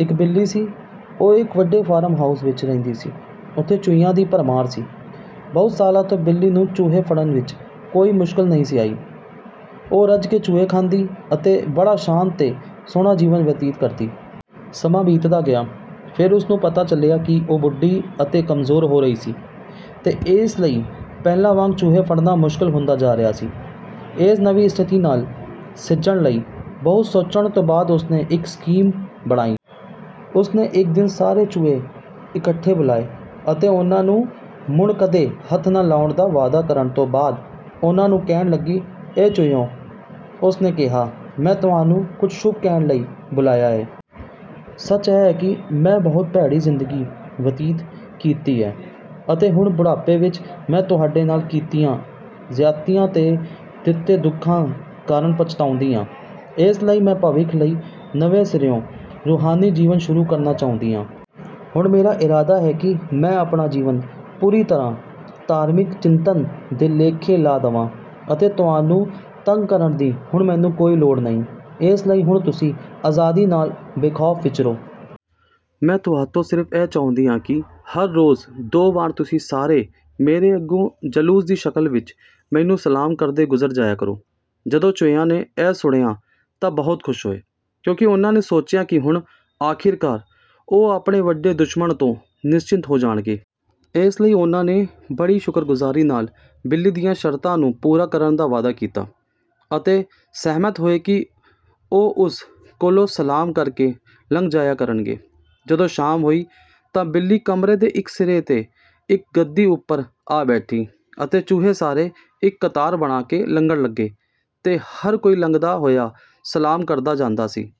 ਇੱਕ ਬਿੱਲੀ ਸੀ। ਉਹ ਇੱਕ ਵੱਡੇ ਫਾਰਮ ਹਾਊਸ ਵਿੱਚ ਰਹਿੰਦੀ ਸੀ। ਉੱਥੇ ਚੂਹਿਆਂ ਦੀ ਭਰਮਾਰ ਸੀ। ਬਹੁਤ ਸਾਲਾਂ ਤੋਂ ਬਿੱਲੀ ਨੂੰ ਚੂਹੇ ਫੜਨ ਵਿੱਚ ਕੋਈ ਮੁਸ਼ਕਲ ਨਹੀਂ ਸੀ ਆਈ। ਉਹ ਰੱਜ ਕੇ ਚੂਹੇ ਖਾਂਦੀ ਅਤੇ ਬੜਾ ਸ਼ਾਂਤ ਤੇ ਸੁਹਣਾ ਜੀਵਨ ਬਤੀਤ ਕਰਦੀ। ਸਮਾਂ ਬੀਤਦਾ ਗਿਆ। ਫਿਰ ਉਸਨੂੰ ਪਤਾ ਚੱਲਿਆ ਕਿ ਉਹ ਬੁੱਢੀ ਅਤੇ ਕਮਜ਼ੋਰ ਹੋ ਰਹੀ ਸੀ, ਤੇ ਇਸ ਲਈ ਪਹਿਲਾਂ ਵਾਂਗ ਚੂਹੇ ਫੜਨਾ ਮੁਸ਼ਕਲ ਹੁੰਦਾ ਜਾ ਰਿਹਾ ਸੀ। ਇਸ ਨਵੀਂ ਸਥਿਤੀ ਨਾਲ ਸਿੱਝਣ ਲਈ ਬਹੁਤ ਸੋਚਣ ਤੋਂ ਬਾਅਦ ਉਸ ਨੇ ਇੱਕ ਸਕੀਮ ਬਣਾਈ। ਉਸ ਨੇ ਇੱਕ ਦਿਨ ਸਾਰੇ ਚੂਹੇ ਇਕੱਠੇ ਬੁਲਾਏ ਅਤੇ ਉਨ੍ਹਾਂ ਨੂੰ ਮੁੜ ਕਦੇ ਹੱਥ ਨਾ ਲਾਉਣ ਦਾ ਵਾਅਦਾ ਕਰਨ ਤੋਂ ਬਾਅਦ ਉਨ੍ਹਾਂ ਨੂੰ ਕਹਿਣ ਲੱਗੀ,“ਐ ਚੂਹਿਓ,” ਉਸ ਨੇ ਕਿਹਾ, “ਮੈਂ ਤੁਹਾਨੂੰ ਕੁਝ ਸ਼ੁਭ ਕਹਿਣ ਲਈ ਬੁਲਾਇਆ ਹੈ। ਸੱਚ ਇਹ ਹੈ ਕਿ ਮੈਂ ਬਹੁਤ ਭੈੜੀ ਜ਼ਿੰਦਗੀ ਬਤੀਤ ਕੀਤੀ ਹੈ, ਅਤੇ ਹੁਣ ਬੁਢਾਪੇ ਵਿੱਚ ਮੈਂ ਤੁਹਾਡੇ ਨਾਲ ਕੀਤੀਆਂ ਜ਼ਿਆਦਤੀਆਂ ਤੇ ਦਿੱਤੇ ਦੁੱਖਾਂ ਕਾਰਨ ਪਛਤਾਉਂਦੀ ਹਾਂ। ਇਸ ਲਈ ਮੈਂ ਭਵਿੱਖ ਲਈ ਨਵੇਂ ਸਿਰਿਓਂ ਰੂਹਾਨੀ ਜੀਵਨ ਸ਼ੁਰੂ ਕਰਨਾ ਚਾਹੁੰਦੀ ਹਾਂ। ਹੁਣ ਮੇਰਾ ਇਰਾਦਾ ਹੈ ਕਿ ਮੈਂ ਆਪਣਾ ਜੀਵਨ ਪੂਰੀ ਤਰ੍ਹਾਂ ਧਾਰਮਿਕ ਚਿੰਤਨ ਦੇ ਲੇਖੇ ਲਾ ਦਵਾਂ ਅਤੇ ਤੁਹਾਨੂੰ ਤੰਗ ਕਰਨ ਦੀ ਹੁਣ ਮੈਨੂੰ ਕੋਈ ਲੋੜ ਨਹੀਂ। ਇਸ ਲਈ ਹੁਣ ਤੁਸੀਂ ਆਜ਼ਾਦੀ ਨਾਲ ਬੇਖ਼ੌਫ਼ ਵਿਚਰੋ। ਮੈਂ ਤੁਹਾਥੋਂ ਸਿਰਫ਼ ਇਹ ਚਾਹੁੰਦੀ ਹਾਂ ਕਿ ਹਰ ਰੋਜ਼ ਦੋ ਵਾਰ ਤੁਸੀਂ ਸਾਰੇ ਮੇਰੇ ਅੱਗੋਂ ਜਲੂਸ ਦੀ ਸ਼ਕਲ ਵਿੱਚ, ਮੈਨੂੰ ਸਲਾਮ ਕਰਦੇ ਗੁਜ਼ਰ ਜਾਇਆ ਕਰੋ।” ਜਦੋਂ ਚੂਹਿਆਂ ਨੇ ਇਹ ਸੁਣਿਆ ਤਾਂ ਬਹੁਤ ਖੁਸ਼ ਹੋਏ, ਕਿਉਂਕਿ ਉਨ੍ਹਾਂ ਨੇ ਸੋਚਿਆ ਕਿ ਹੁਣ, ਆਖ਼ਰਕਾਰ, ਉਹ ਆਪਣੇ ਵੱਡੇ ਦੁਸ਼ਮਣ ਤੋਂ ਨਿਸਚਿੰਤ ਹੋ ਜਾਣਗੇ। ਇਸ ਲਈ ਉਨ੍ਹਾਂ ਨੇ ਬੜੀ ਸ਼ੁਕਰਗੁਜ਼ਾਰੀ ਨਾਲ ਬਿੱਲੀ ਦੀਆਂ ਸ਼ਰਤਾਂ ਨੂੰ ਪੂਰਾ ਕਰਨ ਦਾ ਵਾਅਦਾ ਕੀਤਾ, ਅਤੇ ਸਹਿਮਤ ਹੋਏ ਕਿ ਉਹ ਉਸ ਕੋਲੋਂ ਸਲਾਮ ਕਰ ਕੇ ਲੰਘ ਜਾਇਆ ਕਰਨਗੇ। ਜਦੋਂ ਸ਼ਾਮ ਹੋਈ ਤਾਂ ਬਿੱਲੀ ਕਮਰੇ ਦੇ ਇੱਕ ਸਿਰੇ ’ਤੇ ਇੱਕ ਗੱਦੀ ਉੱਪਰ ਆ ਬੈਠੀ ਅਤੇ ਚੂਹੇ ਸਾਰੇ ਇੱਕ ਕਤਾਰ ਬਣਾ ਕੇ ਲੰਘਣ ਲੱਗੇ, ਤੇ ਹਰ ਕੋਈ ਲੰਘਦਾ ਹੋਇਆ ਸਲਾਮ ਕਰਦਾ ਜਾਂਦਾ ਸੀ।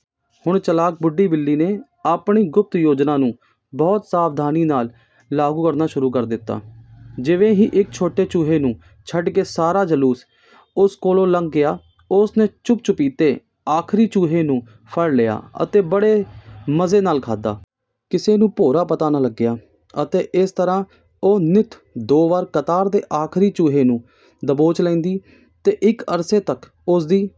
ਹੁਣ ਚਲਾਕ ਬੁੱਢੀ ਬਿੱਲੀ ਨੇ ਆਪਣੀ ਗੁਪਤ ਯੋਜਨਾ ਨੂੰ ਬਹੁਤ ਸਾਵਧਾਨੀ ਨਾਲ ਲਾਗੂ ਕਰਨਾ ਸ਼ੁਰੂ ਕਰ ਦਿੱਤਾ। ਜਿਵੇਂ ਹੀ ਇੱਕ ਛੋਟੇ ਚੂਹੇ ਨੂੰ ਛੱਡ ਕੇ ਸਾਰਾ ਜਲੂਸ ਉਸ ਕੋਲੋਂ ਲੰਘ ਗਿਆ, ਉਸ ਨੇ ਚੁੱਪ-ਚੁਪੀਤੇ ਆਖ਼ਰੀ ਚੂਹੇ ਨੂੰ ਫੜ ਲਿਆ ਅਤੇ ਬੜੇ ਮਜ਼ੇ ਨਾਲ ਖਾਧਾ। ਕਿਸੇ ਨੂੰ ਭੋਰਾ ਪਤਾ ਨਾ ਲੱਗਿਆ। ਅਤੇ ਇਸ ਤਰ੍ਹਾਂ ਉਹ ਨਿੱਤ ਦੋ ਵਾਰ ਕਤਾਰ ਦੇ ਆਖ਼ਰੀ ਚੂਹੇ ਨੂੰ ਦਬੋਚ ਲੈਂਦੀ, ਤੇ ਇੱਕ ਅਰਸੇ ਤੱਕ ਉਸ ਦੀ